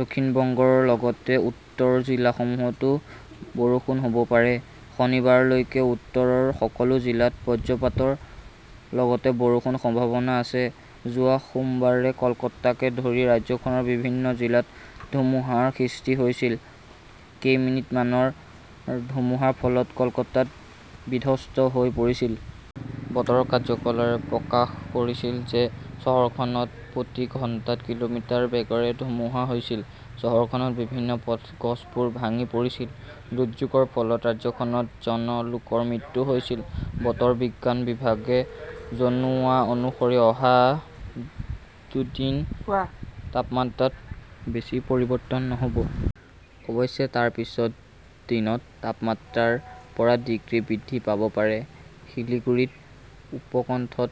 দক্ষিণ বংগৰ লগতে উত্তৰৰ জিলাসমূহতো বৰষুণ হ "ব পাৰে। শনিবাৰলৈকে উত্তৰৰ সকলো জিলাত বজ্ৰপাতৰ লগতে বৰষুণৰ সম্ভাৱনা আছে। যোৱা সোমবাৰে কলকাতাকে ধৰি ৰাজ্যখনৰ বিভিন্ন জিলাত ধুমুহাৰ সৃষ্টি হৈছিল। কেইমিনিটমানৰ ধুমুহাৰ ফলত কলকাতা বিধ্বস্ত হৈ পৰিছিল। বতৰৰ কাৰ্যালয়ে প্ৰকাশ কৰিছিল যে চহৰখনত প্ৰতি ঘণ্টাত কিলোমিটাৰ বেগেৰে ধুমুহা হৈছিল। চহৰখনৰ বিভিন্ন পথত গছবোৰ ভাঙি পৰিছিল। দুৰ্যোগৰ ফলত ৰাজ্যখনত জন লোকৰ মৃত্যু হৈছিল। বতৰ বিজ্ঞান বিভাগে জনোৱা অনুসৰি অহা দিনত তাপমাত্ৰাত বেছি পৰিৱৰ্তন নহ "ব। অৱশ্যে, তাৰ পিছত দিনত তাপমাত্ৰা ৰ পৰা ডিগ্ৰী বৃদ্ধি পাব পাৰে। শিলিগুড়িৰ উপকণ্ঠত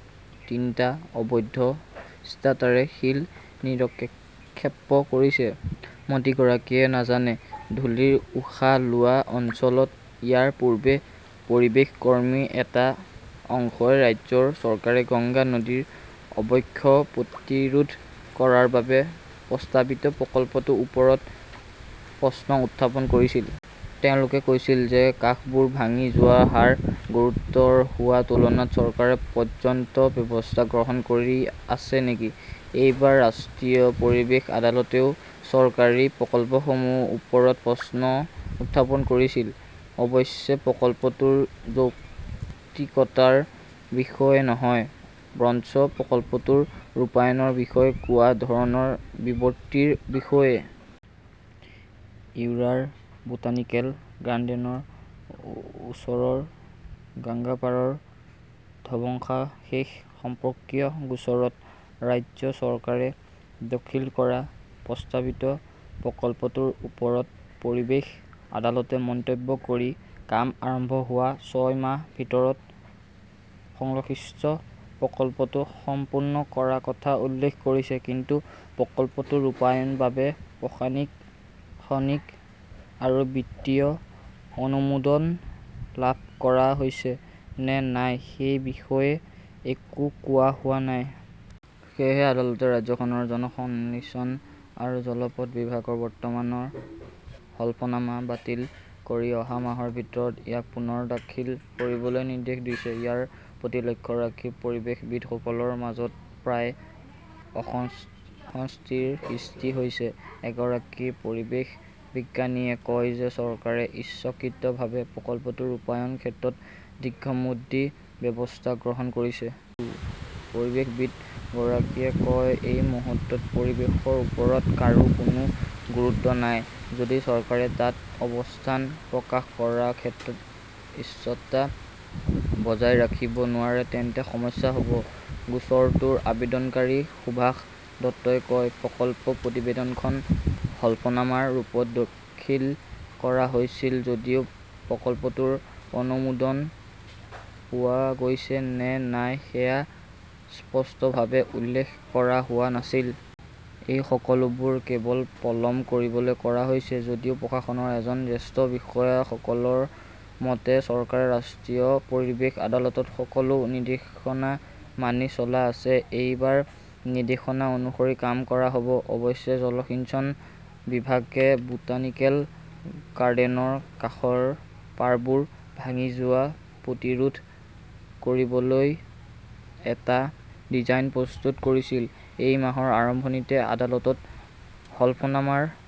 তিনিটা 'অবৈধ ক্ৰাছাৰে "শিল নিক্ষেপ কৰিছে! মন্ত্ৰীগৰাকীয়ে নাজানে, ধূলিৰ উশাহ লোৱা অঞ্চলত ইয়াৰ পূৰ্বে পৰিৱেশ কৰ্মীৰ এটা অংশই ৰাজ্য চৰকাৰে গংগা নদীৰ অৱক্ষয় প্ৰতিৰোধ কৰাৰ বাবে প্ৰস্তাৱিত প্ৰকল্পটোৰ ওপৰত প্ৰশ্ন উত্থাপন কৰিছিল। তেওঁলোকে কৈছিল যে কাষবোৰ ভাঙি যোৱাৰ হাৰ গুৰুতৰ হোৱাৰ তুলনাত চৰকাৰে পৰ্যাপ্ত ব্যৱস্থা গ্ৰহণ কৰি আছে নেকি? এইবাৰ ৰাষ্ট্ৰীয় পৰিৱেশ আদালতেও চৰকাৰী প্ৰকল্পসমূহৰ ওপৰত প্ৰশ্ন উত্থাপন কৰিছিল। অৱশ্যে, প্ৰকল্পটোৰ যৌক্তিকতাৰ বিষয়ে নহয়, বৰঞ্চ প্ৰকল্পটোৰ ৰূপায়ণৰ বিষয়ে কোৱা ধৰণৰ বিবৃতিৰ বিষয়ে। হাউৰাৰ বোটানিকেল গাৰ্ডেনৰ ওচৰৰ গংগাপাড়ৰ ধ্বংসাৱশেষ সম্পৰ্কীয় গোচৰত ৰাজ্য চৰকাৰে দাখিল কৰা প্ৰস্তাৱিত প্ৰকল্পটোৰ ওপৰত পৰিৱেশ আদালতে মন্তব্য কৰি কাম আৰম্ভ হোৱাৰ ছয় মাহৰ ভিতৰত সংশ্লিষ্ট প্ৰকল্পটো সম্পূৰ্ণ কৰাৰ কথা উল্লেখ কৰিছে। কিন্তু প্ৰকল্পটোৰ ৰূপায়ণৰ বাবে প্ৰশাসনিক আৰু বিত্তীয় অনুমোদন লাভ কৰা হৈছে নে নাই সেই বিষয়ে একো কোৱা হোৱা নাই। সেয়েহে আদালতে ৰাজ্যখনৰ জলসিঞ্চন আৰু জলপথ বিভাগক বৰ্তমানৰ হলফনামা বাতিল কৰি অহা মাহৰ ভিতৰত ইয়াক পুনৰ দাখিল কৰিবলৈ নিৰ্দেশ দিছে। ইয়াৰ প্ৰতি লক্ষ্য ৰাখি পৰিৱেশবিদসকলৰ মাজত প্ৰায় অসন্তুষ্টিৰ সৃষ্টি হৈছে। এগৰাকী পৰিৱেশবিজ্ঞানীয়ে কয় যে চৰকাৰে ইচ্ছাকৃতভাৱে প্ৰকল্পটো ৰূপায়ণৰ ক্ষেত্ৰত দীৰ্ঘম্যাদী ব্যৱস্থা গ্ৰহণ কৰিছে। পৰিৱেশবিদগৰাকীয়ে কয়, "এই মুহূৰ্তত পৰিৱেশৰ ওপৰত কাৰো কোনো গুৰুত্ব নাই। যদি চৰকাৰে তাত অৱস্থান প্ৰকাশ কৰাৰ ক্ষেত্ৰত স্বচ্ছতা বজাই ৰাখিব নোৱাৰে তেন্তে সমস্যা হ 'ব। "গোচৰটোৰ আবেদনকাৰী সুভাষ দত্তই কয়", প্ৰকল্প প্ৰতিবেদনখন হলফনামাৰ ৰূপত দাখিল কৰা হৈছিল যদিও প্ৰকল্পটোৰ অনুমোদন পোৱা গৈছে নে নাই সেয়া স্পষ্টভাৱে উল্লেখ কৰা হোৱা নাছিল! এই সকলোবোৰ কেৱল পলম কৰিবলৈ কৰা হৈছে। "যদিও প্ৰশাসনৰ এজন জ্যেষ্ঠ বিষয়াসকলৰ মতে", চৰকাৰে ৰাষ্ট্ৰীয় পৰিৱেশ আদালতৰ সকলো নিৰ্দেশনা মানি চলি আছে। এইবাৰ নিৰ্দেশনা অনুসৰি কাম কৰা হ "ব। "অৱশ্যে, জলসিঞ্চন বিভাগে বোটানিকেল গাৰ্ডেনৰ কাষৰ পাৰবোৰ ভাঙি যোৱা প্ৰতিৰোধ কৰিবলৈ এটা ডিজাইন প্ৰস্তুত কৰিছিল। এই মাহৰ আৰম্ভণিতে আদালতত হলফনামাৰ